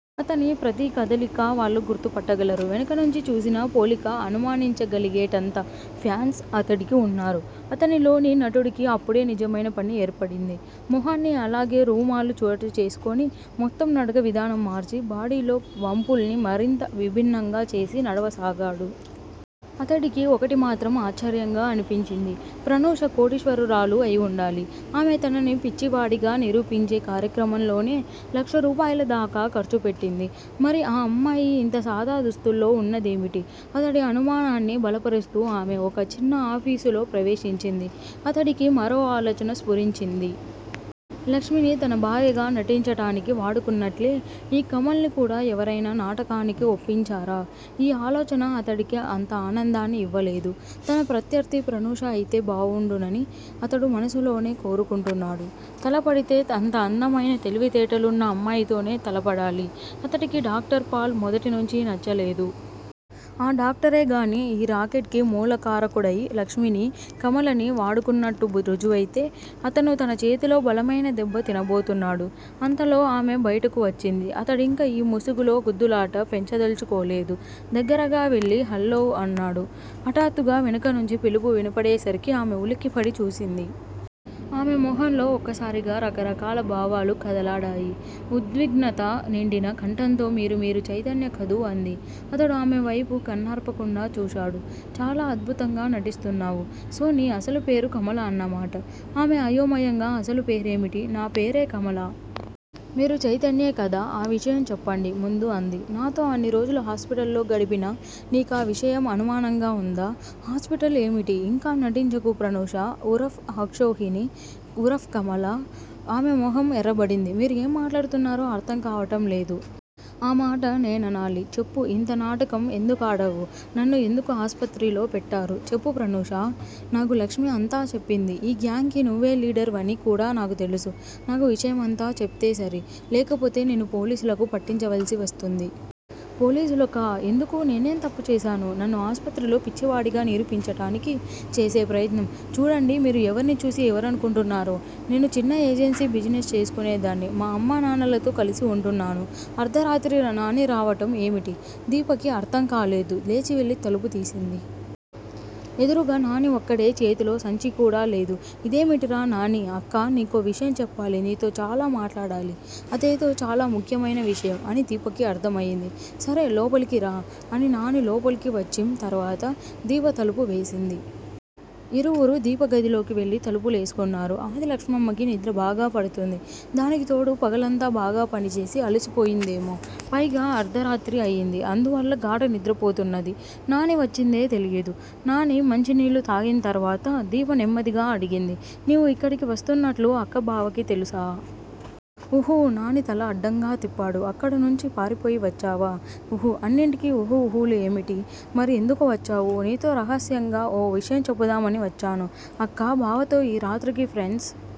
అతని ప్రతీ కదలికా వాళ్ళు గుర్తుపట్టగలరు. వెనుక నుంచి చూసినా పోలిక అనుమానించగలిగేటంత ఫాన్స్ అతడికి వున్నారు. అతనిలోని నటుడికి అప్పుడే నిజమైన పని ఏర్పడింది. మొహాన్ని అలాగే రూమాలు చాటుచేసుకుని మొత్తం నడక విధానం మార్చి బాడీలో వంపుల్ని మరింత విభిన్నంగా చేసి నడవసాగాడు. అతడికి ఒకటి మాత్రం ఆశ్చర్యంగా అనిపించింది. ప్రనూష కోటీశ్వరురాలు అయివుండాలి. ఆమె తనని పిచ్చివాడిగా నిరూపించే కార్యక్రమంలోనే లక్షరూపాయలదాకా ఖర్చు పెట్టింది. మరి ఆ అమ్మాయి ఇంత సాదా దుస్తుల్లో వున్నదేమిటి? అతడి అనుమానాన్ని బలపరుస్తూ ఆమె ఒక చిన్న ఆఫీసులో ప్రవేశించింది. అతడికి మరో ఆలోచన స్పురించింది. లక్ష్మిని తన భార్యగా నటించటానికి వాడుకున్నట్లే, ఈ కమల్ని కూడా ఎవరైనా నాటకానికి ఒప్పించారా? ఈ ఆలోచన అతడికి అంత ఆనందాన్ని యివ్వలేదు. తన ప్రత్యర్ధి ప్రనూష అయితే బావుండునని అతడు మనసులోనే కోరుకుంటున్నాడు. తలపడితే అంత అందమైన, తెలివితేటలున్న అమ్మాయితోనే తలపడాలి. అతడికి డాక్టర్ పాల్ మొదటినుంచీ నచ్చలేదు. ఆ డాక్టరేగాని ఈ రాకెట్ కి మూలకారకుడయి లక్ష్మినీ, కమలనీ వాడుకున్నట్టు ఋజువైతే, అతను తన చేతిలో బలమైన దెబ్బ తినబోతున్నాడు. అంతలో ఆమె బయటకు వచ్చింది. అతడింక ఈ ముసుగులో గుద్దులాట పెంచదల్చుకోలేదు. దగ్గరగా వెళ్ళి హల్లో అన్నాడు. హఠాత్తుగా వెనుకనుంచి పిలుపు వినపడేసరికి ఆమె ఉలిక్కిపడి చూసింది. ఆమె మొహంలో ఒక్కసారిగా రకరకాల భావాలు కదలాడాయి. ఉద్విగ్నత నిండిన కంఠంతో మీరు మీరు చైతన్య కదూ అంది. అతడు ఆమెవైపు కన్నార్పకుండా చూశాడు. చాలా అద్భుతంగా నటిస్తున్నావు. సో నీ అసలు పేరు కమల అన్నమాట. ఆమె అయోమయంగా అసలు పేరేమిటి? నా పేరే కమల. మీరు చైతన్యే కదా ఆ విషయం చెప్పండి ముందు అంది. నాతో అన్ని రోజులు హాస్పిటల్లో గడిపినా నీకా విషయం అనుమానంగా వుందా? హాస్పిటల్ ఏమిటి? ఇంకా నటించకు ప్రనూషా ఉరఫ్ అక్షౌహిణి ఉరఫ్ కమలా. ఆమె మొహం ఎర్రబడింది. మీరు ఏం మాట్లాడుతున్నారో అర్ధంకావటం లేదు. ఆ మాట నేననాలి. చెప్పు ఇంత నాటకం ఎందుకాడావు! నన్ను ఎందుకు ఆస్పత్రిలో పెట్టారు? చెప్పు ప్రనూషా! నాకు లక్ష్మి అంతా చెప్పింది. ఈ గ్యాంగ్ కి నువ్వే లీడర్ వని కూడా నాకు తెలుసు. నాకు విషయమంతా చెప్తేసరి. లేకపోతే నేను పోలీసులకి పట్టించవలసి వస్తుంది. పోలీసులకా? ఎందుకు? నేనేం తప్పు చేశాను? నన్ను ఆస్పత్రిలో పిచ్చివాడిగా నిరూపించటానికి చేసే ప్రయత్నం. చూడండి, మీరు ఎవర్ని చూసి ఎవరనుకుంటున్నారో. నేను చిన్న ఏజెన్సీ బిజినెస్ చేసుకునేదాన్ని. మా అమ్మానాన్నలతో కలసి వుంటున్నాను. అర్ధరాత్రి నాని రావటం ఏమిటి? దీపకి అర్ధం కాలేదు లేచివెళ్ళి తలుపు తీసింది. ఎదురుగ నాని వక్కడే చేతిలో సంచీకూడా లేదు. ఇదేమిటిరా నానీ! అక్కా! నీకో విషయం చెప్పాలి నీతో చాలా మాట్లాడాలి. అదేదో చాలా ముఖ్యమైన విషయం అని దీపకి అర్ధం అయింది. సరే లోపలికి రా! అని నాని లోపలికి వచ్చిం తరువాత దీప తలుపు వేసింది. ఇరువురు దీప గదిలోకి వెళ్ళి తలుపు లేసుకున్నారు. ఆదిలక్ష్మమ్మకి నిద్ర బాగా పడుతుంది. దానికి తోడు పగలంతా బాగా పనిచేసి అలసిపోయిందేమో పైగా అర్ధరాత్రి అయింది అందువల్ల గాఢ నిద్రపోతున్నది నాని వచ్చిందే తెలియదు. నాని మంచినీళ్ళు తాగింతరువాత దీప నెమ్మదిగా అడిగింది. నీవు యిక్కడికి వస్తున్నట్లు అక్క బావకి తెలుసా? ఉహూ. నాని తల అడ్డంగా తిప్పాడు. అక్కడనుంచి పారిపోయి వచ్చావా? ఉహూ అన్నింటికి ఉహూ ఉహూలు ఏమిటి? మరి ఎందుకు వచ్చావు! నీతో రహస్యంగ ఓ విషయం చెపుదామని వచ్చాను. అక్కా బావతో ఈ రాత్రికి ఫ్రెండ్స్